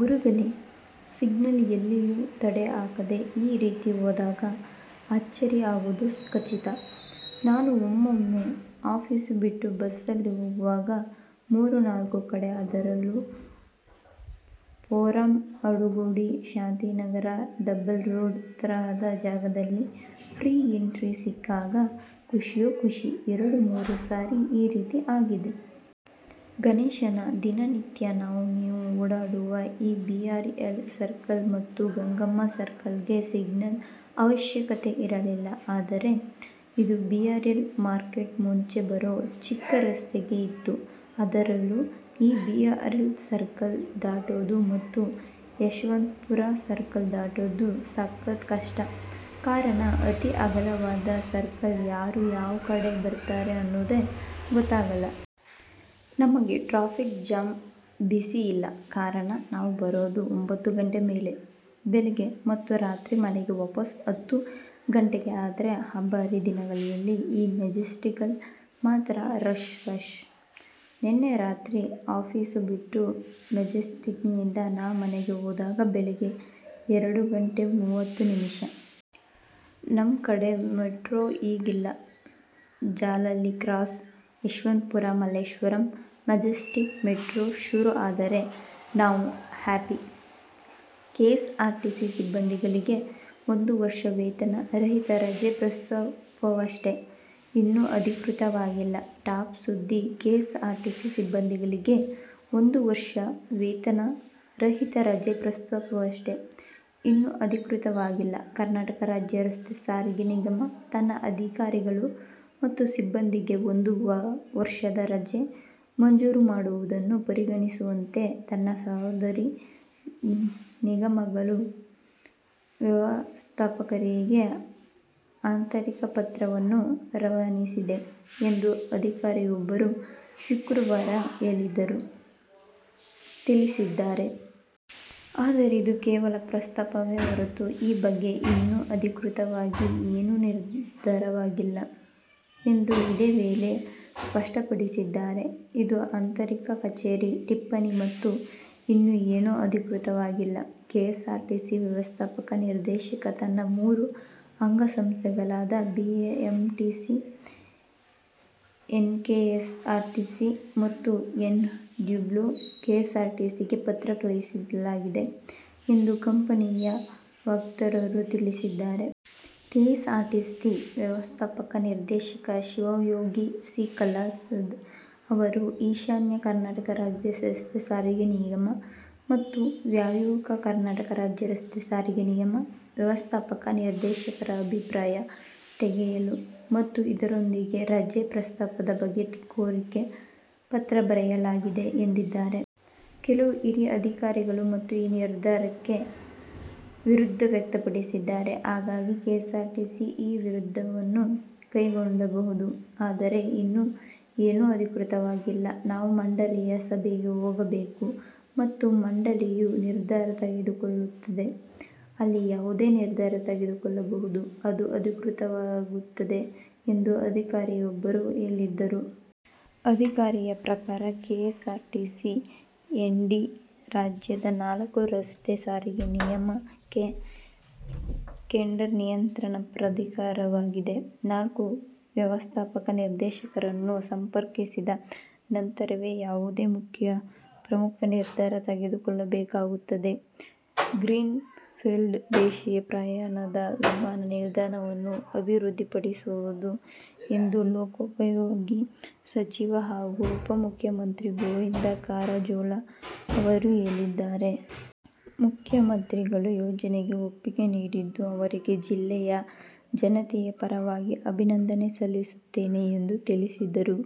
ಗುರುಗಳೇ -ಸಿಗ್ನಲ್ ಎಲ್ಲಿಯೂ ತಡೆ ಹಾಕದೆ ಈ ರೀತಿ ಹೋದಾಗ ಅಚ್ಚರಿ ಆಗೋದು ಖಚಿತ. ನಾನೂ ಒಮ್ಮೊಮ್ಮೆ ಆಫೀಸು ಬಿಟ್ಟು ಬಸ್ಸಲ್ಲಿ ಹೋಗ್ವಾಗ ಮೂರು-ನಾಲ್ಕು ಕಡೆ ಅದರಲ್ಲೂ Forum, Adugodi, Shantinagar double road ತರಹದ ಜಾಗಗಳಲ್ಲಿ ಫ್ರೀ ಎಂಟ್ರಿ ಸಿಕ್ಕಾಗ ಖುಷಿಯೋ ಖುಷಿ ಎರಡು-ಮೂರು ಸಾರಿ ಈ ರೀತಿ ಆಗಿದೆ. ಗಣೇಶ್ ಅಣ್ಣ, ದಿನ ನಿತ್ಯ ನಾವ್ ನೀವ್ ಓಡಾಡುವ ಆ ಬೀ.ಈ.ಎಲ್ ಸರ್ಕಲ್ ಮತ್ತು ಗಂಗಮ್ಮ ಸರ್ಕಲ್ ಗೆ ಸಿಗ್ನಲ್ ಅವಶ್ಯಕತೆ ಇರಲಿಲ್ಲ, ಇದ್ದರೆ ಅದು ಬೀ.ಈ.ಎಲ್ ಮಾರ್ಕೆಟ್ ಮುಂಚೆ ಬರೋ ಚಿಕ್ಕ ರಸ್ತೆಗೆ ಇತ್ತು. ಅದರಲ್ಲೂ ಈ ಬೀ.ಈ.ಎಲ್ ಸರ್ಕಲ್ ದಾಟೋದು ಮತ್ತು ಯಶವಂತಪುರ ಸರ್ಕಲ್ ದಾಟೋದು ಸಖತ್ ಕಷ್ಟ, ಕಾರಣ ಅತಿ ಅಗಲವಾದ ಸರ್ಕಲ್ -ಯಾರು ಯಾವ್ ಕಡೆ ಬರ್ತಾರೆ ಅನ್ನೋದೇ ಗೊತ್ತಾಗೊಲ್ಲ.. ನಮಗೆ ಟ್ರಾಫಿಕ್ ಜಾಮ್ ಬಿಸಿ ಇಲ್ಲ -ಕಾರಣ ನಾವ್ ಬರೋದು ಒಂಭತ್ತು ಗಂಟೆ ಮೇಲೆ ಬೆಳಗ್ಗೆ, ಮತ್ತು ರಾತ್ರಿ ಮನೆಗೆ ವಾಪಸ್ಸು ಹತ್ತು ಗಂಟೆಗೆ. ಆದ್ರೆ ಹಬ್ಬ ಹರಿದಿನಗಳಲ್ಲಿ ಈ ಮೆಜೆಸ್ಟಿಕ್ಕಲ್ಲಿ ಮಾತ್ರ ರಶ್ -ರಶ್. ನಿನ್ನೆ ರಾತ್ರಿ ಆಫೀಸು ಬಿಟ್ಟು ಮೆಜೆಸ್ತಿಕ್ಕಿಂದ ನಾ ಮನೆಗೆ ಹೋದಾಗ ಬೆಳಗ್ಗೆ ಎರಡು ಗಂಟೆ ಮೂವತ್ತು ನಿಮಿಷ. ನಮ್ ಕಡೆ ಮೆಟ್ರೋ ಈಗಿಲ್ಲ -Jalahalli cross -Yeshwanthpur -Malleshwaram -Majestic metro ಶುರು ಆದರೆ ನಾವ್ ಹ್ಯಾಪಿ."ಕೆಎಸ್ಆರ್ಟಿಸಿ ಸಿಬ್ಬಂದಿಗಳಿಗೆ ಒಂದು ವರ್ಷ ವೇತನ ರಹಿತ ರಜೆ ಪ್ರಸ್ತಾಪವಷ್ಟೆ, ಇನ್ನೂ ಅಧಿಕೃತವಾಗಿಲ್ಲ" ಟಾಪ್ ಸುದ್ದಿ "ಕೆಎಸ್ಆರ್ಟಿಸಿ ಸಿಬ್ಬಂದಿಗಳಿಗೆ ಒಂದು ವರ್ಷ ವೇತನ ರಹಿತ ರಜೆ ಪ್ರಸ್ತಾಪವಷ್ಟೆ, ಇನ್ನೂ ಅಧಿಕೃತವಾಗಿಲ್ಲ" ಕರ್ನಾಟಕ ರಾಜ್ಯ ರಸ್ತೆ ಸಾರಿಗೆ ನಿಗಮ ತನ್ನ ಅಧಿಕಾರಿಗಳು ಮತ್ತು ಸಿಬ್ಬಂದಿಗೆ ಒಂದು ವರ್ಷದ ರಜೆ ಮಂಜೂರು ಮಾಡುವುದನ್ನು ಪರಿಗಣಿಸುವಂತೆ, ತನ್ನ ಸಹೋದರಿ ನಿಗಮಗಳ ವ್ಯವಸ್ಥಾಪಕರಿಗೆ ಆಂತರಿಕ ಪತ್ರವನ್ನು ರವಾನಿಸಿದೆ ಎಂದು ಅಧಿಕಾರಿಯೊಬ್ಬರು ಶುಕ್ರವಾರ ತಿಳಿಸಿದ್ದಾರೆ. ಆದರೆ, ಇದು ಕೇವಲ ಪ್ರಸ್ತಾಪವೇ ಹೊರತು, ಈ ಬಗ್ಗೆ ಇನ್ನೂ ಅಧಿಕೃತವಾಗಿ ಏನೂ ನಿರ್ಧಾರವಾಗಿಲ್ಲ ಎಂದು ಇದೇ ವೇಳೆ ಸ್ಪಷ್ಟಪಡಿಸಿದ್ದಾರೆ. "ಇದು ಆಂತರಿಕ ಕಚೇರಿ ಟಿಪ್ಪಣಿ ಮತ್ತು ಇನ್ನೂ ಏನೂ ಅಧಿಕೃತವಾಗಿಲ್ಲ. ಕೆಎಸ್ಆರ್ಟಿಸಿ ವ್ಯವಸ್ಥಾಪಕ ನಿರ್ದೇಶಕ ತನ್ನ ಮೂರು ಅಂಗಸಂಸ್ಥೆಗಳಾದ ಬಿಎಂಟಿಸಿ, ಎನ್ಕೆಎಸ್ಆರ್ಟಿಸಿ ಮತ್ತು ಎನ್ ಡಬ್ಲ್ಯೂ ಕೆಎಸ್ಆರ್ಟಿಸಿಗೆ ಪತ್ರ ಕಳುಹಿಸಲಾಗಿದೆ" ಎಂದು ಕಂಪನಿಯ ವಕ್ತಾರರು ತಿಳಿಸಿದ್ದಾರೆ. ಕೆಎಸ್ಆರ್ಟಿಸಿ ವ್ಯವಸ್ಥಾಪಕ ನಿರ್ದೇಶಕ ಶಿವಯೋಗಿ ಸಿ. ಕಲಾಸಾದ್ ಅವರು, ಈಶಾನ್ಯ ಕರ್ನಾಟಕ ರಾಜ್ಯ ರಸ್ತೆ ಸಾರಿಗೆ ನಿಗಮ ಮತ್ತು ವಾಯುವ್ಯ ಕರ್ನಾಟಕ ರಾಜ್ಯ ರಸ್ತೆ ಸಾರಿಗೆ ನಿಗಮ ವ್ಯವಸ್ಥಾಪಕ ನಿರ್ದೇಶಕರ ಅಭಿಪ್ರಾಯ ತೆಗೆಯಲು ಮತ್ತು ಇದರೊಂದಿಗೆ ರಜೆ ಪ್ರಸ್ತಾಪದ ಬಗ್ಗೆ ಕೋರಿ ಪತ್ರ ಬರೆಯಲಾಗಿದೆ ಎಂದಿದ್ದಾರೆ. "ಕೆಲವು ಹಿರಿಯ ಅಧಿಕಾರಿಗಳು ಈ ನಿರ್ಧಾರಕ್ಕೆ ವಿರೋಧ ವ್ಯಕ್ತಪಡಿಸಿದ್ದಾರೆ. ಹಾಗಾಗಿ ಕೆಎಸ್ಆರ್ಟಿಸಿ ಈ ನಿರ್ಧಾರವನ್ನು ಕೈಬಿಡಬಹುದು. ಆದರೆ ಇನ್ನೂ ಏನೂ ಅಧಿಕೃತವಾಗಿಲ್ಲ. ನಾವು ಮಂಡಳಿಯ ಸಭೆಗೆ ಹೋಗಬೇಕು ಮತ್ತು ಮಂಡಳಿಯು ನಿರ್ಧಾರ ತೆಗೆದುಕೊಳ್ಳುತ್ತದೆ. ಅಲ್ಲಿ ಯಾವುದೇ ನಿರ್ಧಾರ ತೆಗೆದುಕೊಳ್ಳಬಹುದು, ಅದು ಅಧಿಕೃತವಾಗುತ್ತದೆ" ಎಂದು ಅಧಿಕಾರಿಯಬ್ಬರು ಹೇಳಿದರು. ಅಧಿಕಾರಿಯ ಪ್ರಕಾರ, ಕೆಎಸ್ಆರ್ಟಿಸಿ ಎಂಡಿ ರಾಜ್ಯದ ನಾಲ್ಕು ರಸ್ತೆ ಸಾರಿಗೆ ಸಂಸ್ಥೆಗಳಿಗೆ ಕೇಡರ್ ನಿಯಂತ್ರಣ ಪ್ರಾಧಿಕಾರವಾಗಿದೆ. ನಾಲ್ಕು ವ್ಯವಸ್ಥಾಪಕ ನಿರ್ದೇಶಕರನ್ನು ಸಂಪರ್ಕಿಸಿದ ನಂತರವೇ ಯಾವುದೇ ಪ್ರಮುಖ ನಿರ್ಧಾರ ತೆಗೆದುಕೊಳ್ಳಬೇಕಾಗುತ್ತದೆ. ಗ್ರೀನ್ ಫೀಲ್ಡ್ ದೇಶೀಯ ಪ್ರಯಾಣದ ವಿಮಾನ ನಿಲ್ದಾಣವನ್ನು ಅಭಿವೃದ್ಧಿಪಡಿಸಲಾಗುವುದು ಎಂದು ಲೋಕೋಪಯೋಗಿ ಸಚಿವ ಹಾಗೂ ಉಪಮುಖ್ಯಮಂತ್ರಿ ಗೋವಿಂದ ಕಾರಜೋಳ ಅವರು ಹೇಳಿದ್ದಾರೆ. ಮುಖ್ಯಮಂತ್ರಿಗಳು ಯೋಜನೆಗೆ ಒಪ್ಪಿಗೆ ನೀಡಿದ್ದು ಅವರಿಗೆ ಜಿಲ್ಲೆಯ ಜನತೆಯ ಪರವಾಗಿ ಅಭಿನಂದನೆ ಸಲ್ಲಿಸುತ್ತೇನೆ ಎಂದು ತಿಳಿಸಿದರು.